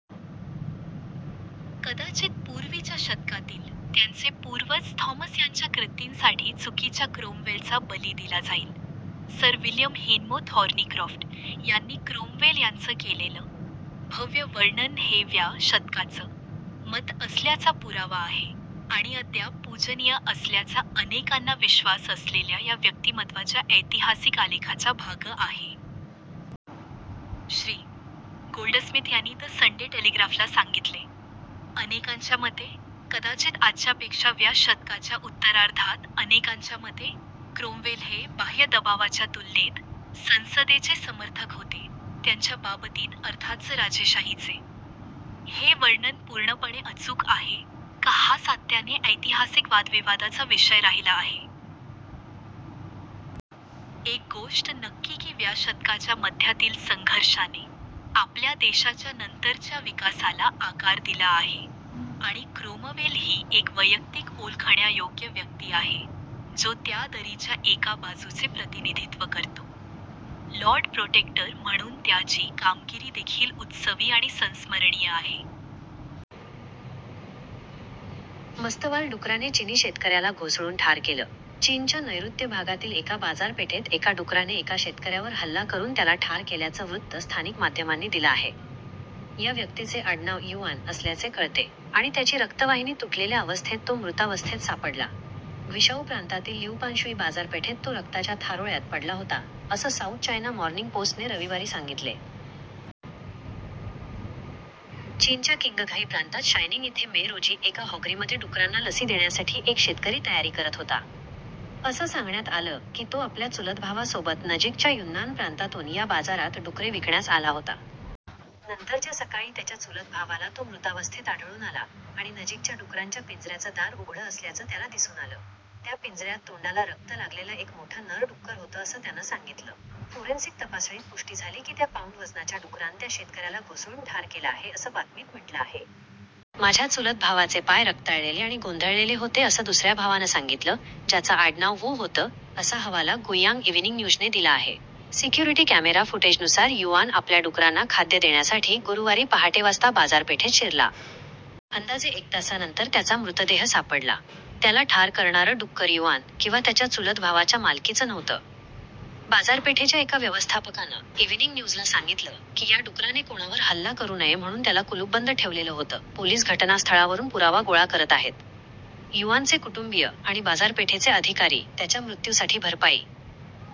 कदाचित पूर्वीच्या शतकातील त्यांचे पूर्वज थॉमस यांच्या कृतींसाठी चुकीच्या क्रोमवेलचा बळी दिला जाईल. सर विल्यम हॅमो थॉर्नीक्रॉफ्ट यांनी क्रोमवेल यांचं केलेलं भव्य वर्णन हे व्या शतकाचं मत असल्याचा पुरावा आहे आणि अद्याप पूजनीय असल्याचा अनेकांना विश्वास असलेल्या या व्यक्तिमत्वाच्या ऐतिहासिक आलेखाचा भाग आहे. श्री. गोल्डस्मिथ यांनी द संडे टेलिग्राफला सांगितले: "अनेकांच्या मते, कदाचित आजच्यापेक्षा व्या शतकाच्या उत्तरार्धात अनेकांच्या मते, क्रोमवेल हे, बाह्य दबावाच्या तुलनेत संसदेचे समर्थक होते, त्यांच्या बाबतीत अर्थातच राजेशाहीचे. हे वर्णन पूर्णपणे अचूक आहे का हा सातत्याने ऐतिहासिक वादविवादाचा विषय राहिला आहे. एक गोष्ट नक्की की व्या शतकाच्या मध्यातील संघर्षाने आपल्या देशाच्या नंतरच्या विकासाला आकार दिला आहे, आणि क्रोमवेल ही एक वैयक्तिक ओळखण्यायोग्य व्यक्ति आहे जो त्या दरीच्या एका बाजूचे प्रतिनिधीत्व करतो. लॉर्ड प्रोटेक्टर म्हणून त्याची कामगिरी देखील उत्सवी आणि संस्मरणीय आहे. " मस्तवाल डुकराने चिनी शेतकऱ्याला घोसळून ठार केलं चीनच्या नैऋत्य भागातील एका बाजारपेठेत एका डुकराने एका शेतकऱ्यावर हल्ला करुन त्याला ठार केल्याचं वृत्त स्थानिक माध्यमांनी दिलं आहे. या व्यक्तिचे आडनाव "युआन," असल्याचे कळते आणि त्याची रक्तवाहिनी तुटलेल्या अवस्थेत तो मृतावस्थेत सापडला, ग्विशाऊ प्रांतातील लिउपान्शुई बाजारपेठेत तो रक्ताच्या थारोळ्यात पडला होता असं साऊथ चायना मॉर्निंग पोस्टने रविवारी सांगितले. चीनच्या किंगघाई प्रांतात शायनिंग इथे मे, रोजी एका हॉगरीमध्ये डुकरांना लसी देण्यासठी एक शेतकरी तयारी करत होता. असं सांगण्यात आलं की तो आपल्या चुलतभावासोबत नजिकच्या युन्नान प्रांतातून या बाजारात डुकरे विकण्यास आला होता. नंतरच्या सकाळी, त्याच्या चुलत भावाला तो मृतावस्थेत आढळून आला, आणि नजिकच्या डुकरांच्या पिंजऱ्याचं दार उघडं असल्याचं त्याला दिसून आलं. त्या पिंजऱ्यात तोंडाला रक्त लागलेलं एक मोठं नर डुक्कर होतं असं त्यानं सांगितलं. फोरेन्सिक तपासणीत पुष्टि झाली की त्या पाऊंड वजनाच्या डुकरान त्या शेतकऱ्याला घोसळून ठार केलं आहे, असं बातमीत म्हटलं आहे. "माझ्या चुलत भावाचे पाय रक्ताळलेले आणि गोंधळलेले होते," असं दुसऱ्या भावानं सांगितलं, ज्याचं आडनाव "वु," होतं, असा हवाला गुईयांग इविनींग न्यूजने दिला आहे. सिक्युरिटी कॅमेरा फुटेजनुसार युआन आपल्या डुकरांना खाद्य देण्यासाठी गुरूवारी पहाटे वाजता बाजारपेठेत शिरला. अंदाजे एक तासानंतर त्याचा मृतदेह सापडला. त्याला ठार करणारं डुक्कर युआन किंवा त्याच्या चुलत भावाच्या मालकीचं नव्हतं. बाजारपेठेच्या एका व्यवस्थापकानं इविनींग न्यूजला सांगितलं की या डुकराने कोणावर हल्ला करु नये म्हणून त्याला कुलूपबंद ठेवलेलं होतं, पोलिस घटनास्थळावरुन पुरावा गोळा करत आहेत. युआनचे कुटुंबीय आणि बाजारपेठेचे अधिकारी त्याच्या मृत्युसाठी भरपाई